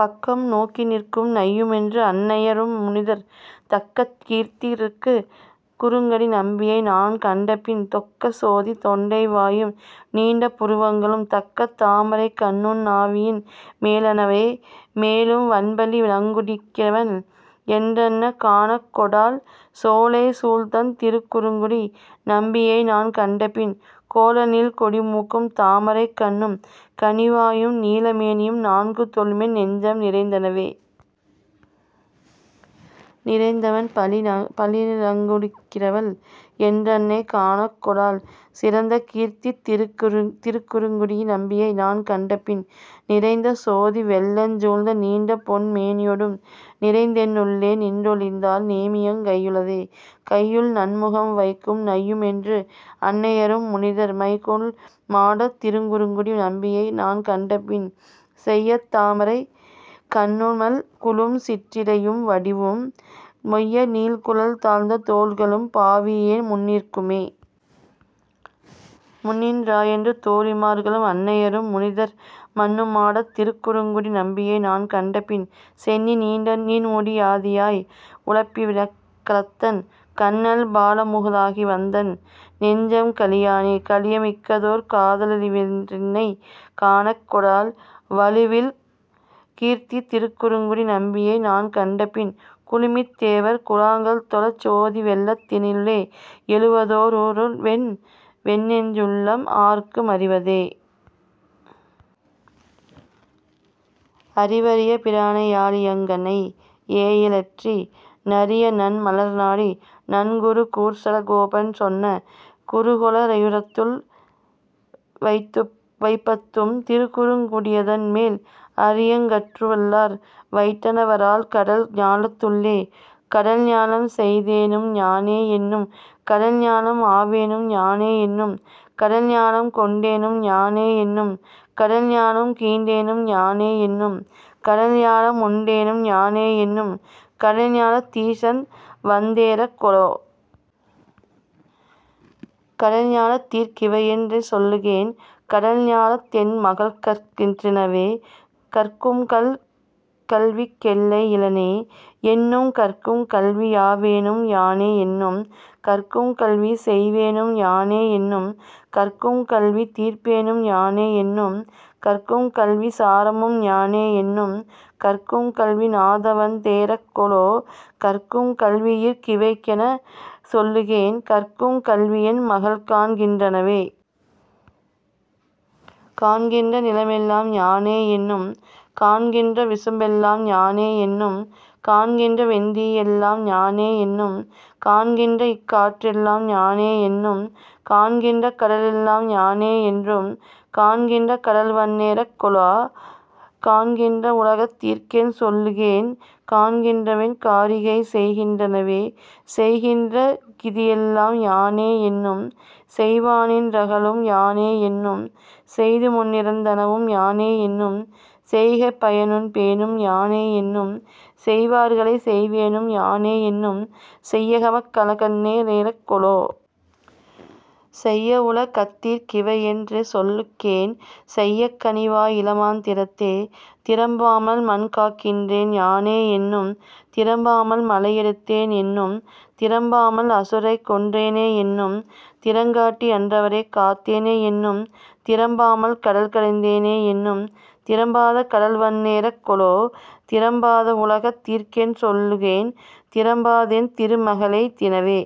பக்கம்நோக்கி நிற்கும் நையுமென்று। அன்னைய ரும்முனிதிர், தக்ககீர்த்திக் திருக்கு றுங்குடி நம்பியை நான்கண்டபின் தொக்கசோதித் தொண்டை வாயும் நீண்ட புருவங்களும், தக்கதாமரைக் கண்ணும் னாவியின் மேலனவே.. மேலும் வன்பழி நங்குடிக்கிவள் என்றன்னை காணக்கொடாள் சோலைசூழ் தண்திருக் குறுங்குடி நம்பியை நான்கண்டபின், கோலநீள் கொடிமூக்கும் தாமரைக் கண்ணும் கனிவாயும், நீலமேனியும் நான்கு தொளுமென் நெஞ்சம் நிறைந்தனவே.. நிறைந்த வன்பழி நங்குடிக்கிவள் என்றன்னை காணக்கொடாள் சிறந்தகீர்த்தித் திருக்கு றுங்குடி நம்பியை நான்கண்டபின், நிறைந்தசோதி வெள்ளஞ் சூழ்ந்த நீண்டபொன் மேனியொடும் நிறைந்தென் னுள்ளே நின்றொழிந்தான் நேமியங் கையுளதே.. கையுள்நன் முகம்வைக்கும் நையுமென்று அன்னைய ரும்முனிதிர், மைகொள் மாடத் திருக்குறுங்குடி நம்பியை நான்கண்டபின், செய்யதாமரைக் கண்ணு மல்குலும் சிற்றிடை யும்வடிவும், மொய்யநீள்குழல் தாழ்ந்த தோள்களும் பாவியேன் முன்னிற்குமே.. முன்னின் றாயென்று தோழிமார்களும் அன்னைய ரும்முனிதிர், மன்னு மாடத் திருக்குறுங்குடி நம்பியை நான்கண்டபின், சென்னி நீண்முடி யாதியாய உலப்பி லணிகலத்தன், கன்னல் பாலமு தாகிவந்தென் நெஞ்சம் கழியானே.. கழியமிக்கதோர் காதல ளிவளென் றன்னை காணக்கொடாள், வழுவில் கீர்த்தித் திருக்குறுங்குடி நம்பியை நான்கண்டபின், குழுமித் தேவர் குழாங்கள்தொழச் சோதிவெள் ளத்தினுள்ளே, எழுவதோ ருருவென் னெஞ்சுள்ளெழும் ஆர்க்கு மறிவரிதே. அறிவரிய பிரானை யாழியங்கையனை யேயலற்றி, நறியநன் மலர்நாடி நன்குருகூர்ச்சடகோபன் சொன்ன, குறிகொளா யிரத்துள் ளிவைபத்தும் திருக்குறுங் குடியதன்மேல் அறியக் கற்றுவல்லார் வைட்டணவராழ்கடல் ஞாலத்துள்ளே. கடல்ஞாலம் செய்தேனும் யானே என்னும் கடல்ஞாலம் ஆவேனும் யானே என்னும், கடல்ஞாலம் கொண்டேனும் யானே என்னும் கடல்ஞாலம் கீண்டேனும் யானே என்னும், கடல்ஞாலம் முண்டேனும் யானே என்னும் கடல்ஞாலத் தீசன்வந் தேறக் கொலோ?, கடல்ஞா லத்தீர்க் கிவையென் சொல்லுகேன் கடல்ஞா லத்தென் மகள்கற் கின்றனவே?. கற்கும்கல் விக்கெல்லை யிலனே என்னும் கற்கும்கல்வி யாவேனும் யானே என்னும், கற்கும்கல்வி செய்வேனும் யானே என்னும் கற்கும்கல்வி தீர்ப்பேனும் யானே என்னும், கற்கும்கல்விச் சாரமும் யானே என்னும் கற்கும்கல்வி நாதன்வன் தேறக் கொலோ?, கற்கும் கல்வியீர்க் கிவையென் சொல்லுகேன் கற்கும் கல்வியென் மகள்காண் கின்றனவே?. காண்கின்ற நிலமெல்லாம் யானே என்னும் காண்கின்ற விசும்பெல்லாம் யானே என்னும், காண்கின்ற வெந்தீயெல்லாம் யானே என்னும் காண்கின்ற இக்காற்றெல்லாம் யானே என்னும், காண்கின்ற கடலெல்லாம் யானே என்னும் காண்கின்ற கடல்வண்ண னேறக் கொலோ? காண்கின்ற வுலகத் தீர்க்கென் சொல்லுகேன் காண்கின்ற வென்கா ரிகைசெய் கின்றனவே?. செய்கின்ற கிதியெல்லாம் யானே என்னும் செய்வானின் றனகளும் யானே என்னும், செய்துமுன் னிறந்தனவும் யானே என்னும் செய்கைப்பய னுண்பேனும் யானே என்னும், செய்வார்களைச் செய்வேனும் யானே என்னும் செய்யகம லக்கண்ண னேறக் கொலோ? செய்யவுல கத்தீர்க் கிவையென் சொல்லுகேன் செய்ய கனிவா யிளமான் திறத்தே?. திறம்பாமல் மண்காக்கின்றேன் யானே என்னும் திறம்பாமல் மலையெடுத் தேனே என்னும், திறம்பாமல் அசுரரைக்கொன் றேனே என்னும் திறங்காட்டி யன்றைவரைக் காத்தேனே என்னும், திறம்பாமல் கடல்கடைந் தேனே என்னும் திறம்பாத கடல்வண்ண னேறக் கொலோ? திறம்பாத வுலகத் தீர்க்கென் சொல்லுகேன் திறம்பா தென்திரு மகளெய் தினவே?.